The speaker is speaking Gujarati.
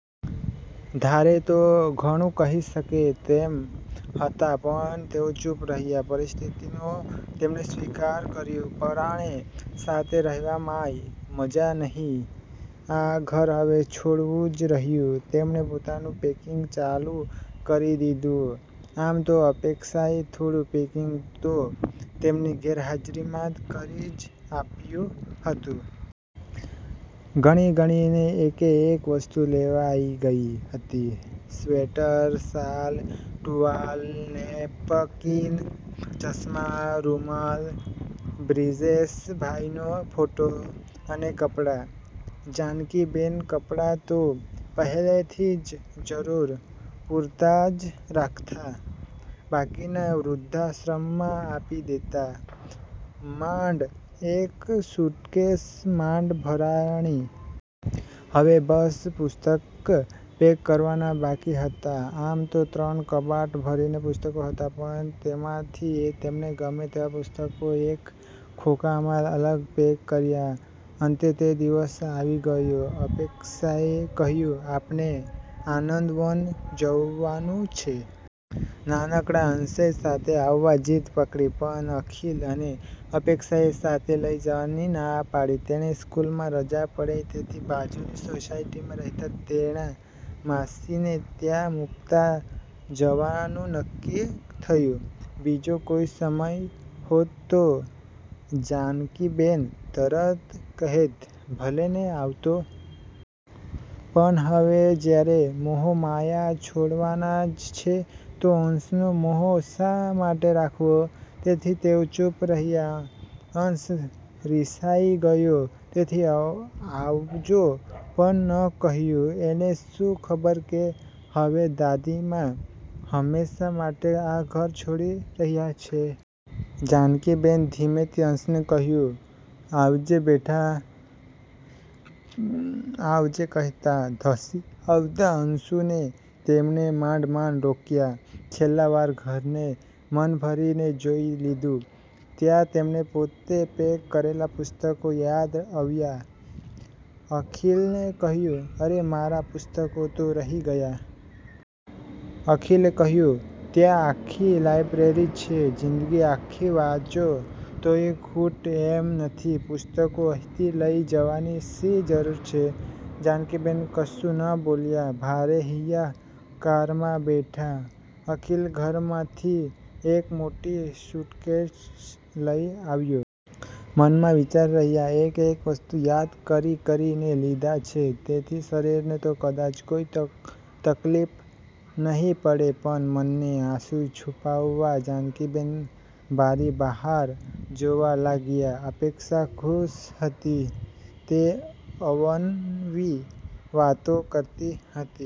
ધારે તો ઘણું કહી શકે તેમ હતા પણ તેઓ ચૂપ રહ્યાં. પરિસ્થિતિનો તેમણે સ્વીકાર કર્યો. પરાણે સાથે રહેવામાંય મજા નહીં. આ ઘર હવે છોડવું જ રહ્યું. તેમણે પોતાનું પેકીંગ ચાલું કરી દીધું. આમ તો અપેક્ષાએ થોડું પેકિંગ તો તેમની ગેરહાજરીમાં કરી જ આપ્યું હતું. ગણી-ગણીને એકેએક વસ્તુ લેવાઈ ગઈ હતી. સ્વેટર, શાલ, ટુવાલ, નેપકીન, ચશ્મા, રુમાલ, બ્રીજેશભાઇનો ફોટો, અને કપડાં. જાનકીબેન કપડાં તો પહેલેથી જ જરુર પૂરતા જ રાખતા, બાકીના વૃધ્ધાશ્રમમાં આપી દેતા. માંડ એક સુટ્કેશ માંડ ભરાણી. હવે બસ પુસ્તક પેક કરવાના બાકી હતા. આમ તો ત્રણ કબાટ ભરીને પુસ્તકો હતા, પણ તેમાંથી તેમને ગમે તેવા પુસ્તકો એક ખોખામાં અલગ પેક કર્યાં. અંતે તે દિવસ આવી ગયો. અપેક્ષાએ કહ્યું, "આપણે આનંદવન જવાનું છે." નાનકડા અંશેય સાથે આવવા જીદ પકડી, પણ અખિલ અને અપેક્ષાએ સાથે લઈ જવાની ના પાડી. તેને સ્કૂલમાં રજા પડે તેથી બાજુની સોસાયટીમાં રહેતા તેના માસીને ત્યાં મૂકતા જવાનું નક્કી થયું. બીજો કોઇ સમય હોત તો જાનકીબેન તરત કહેત ભલેને આવતો. પણ હવે જ્યારે મોહ માયા છોડવાના જ છે તો અંશનો મોહ શા માટે રાખવો? તેથી તેઓ ચૂપ રહ્યાં. અંશ રિસાઇ ગયો તેથી અવ આવજો પણ ન કહ્યું. એને શું ખબર કે હવે દાદીમા હંમેશા માટે આ ઘર છોડી રહ્યાં છે. જાનકીબેન ધીમેથી અંશને કહ્યું, "આવજે બેટા." આવજે કહેતા ધસી આવતા આંસુને તેમણે માંડ-માંડ રોક્યા. છેલ્લા વાર ઘરને મન ભરી ને જોઈ લીધું. ત્યાં તેમને પોતે પેક કરેલા પુસ્તકો યાદ અવ્યા. અખિલને કહ્યું, "અરે મારા પુસ્તકો તો રહી ગયા." અખિલે કહ્યું, "ત્યાં આખી લાયબ્રેરી છે. જીંદગી આખી વાંચો તોય ખૂટે એમ નથી. પુસ્તકો અહીંથી લઇ જવાની શી જરુર છે?" જાનકીબેન કશું ન બોલ્યા, ભારે હૈયે કારમાં બેઠા. અખિલ ઘરમાંથી એક મોટી સૂટકેશ લઇ આવ્યો. મનમાં વિચારી રહ્યાં, એક-એક વસ્તુ યાદ કરી-કરીને લીધા છે, તેથી શરીરને તો કદાચ કોઈ તક્ તકલીફ નહીં પડે, પણ મનને, આંસું છૂપાવવા જાનકીબેન બારી બહાર જોવા લાગ્યા. અપેક્ષા ખુશ હતી. તે અવનવી વાતો કરતી હતી.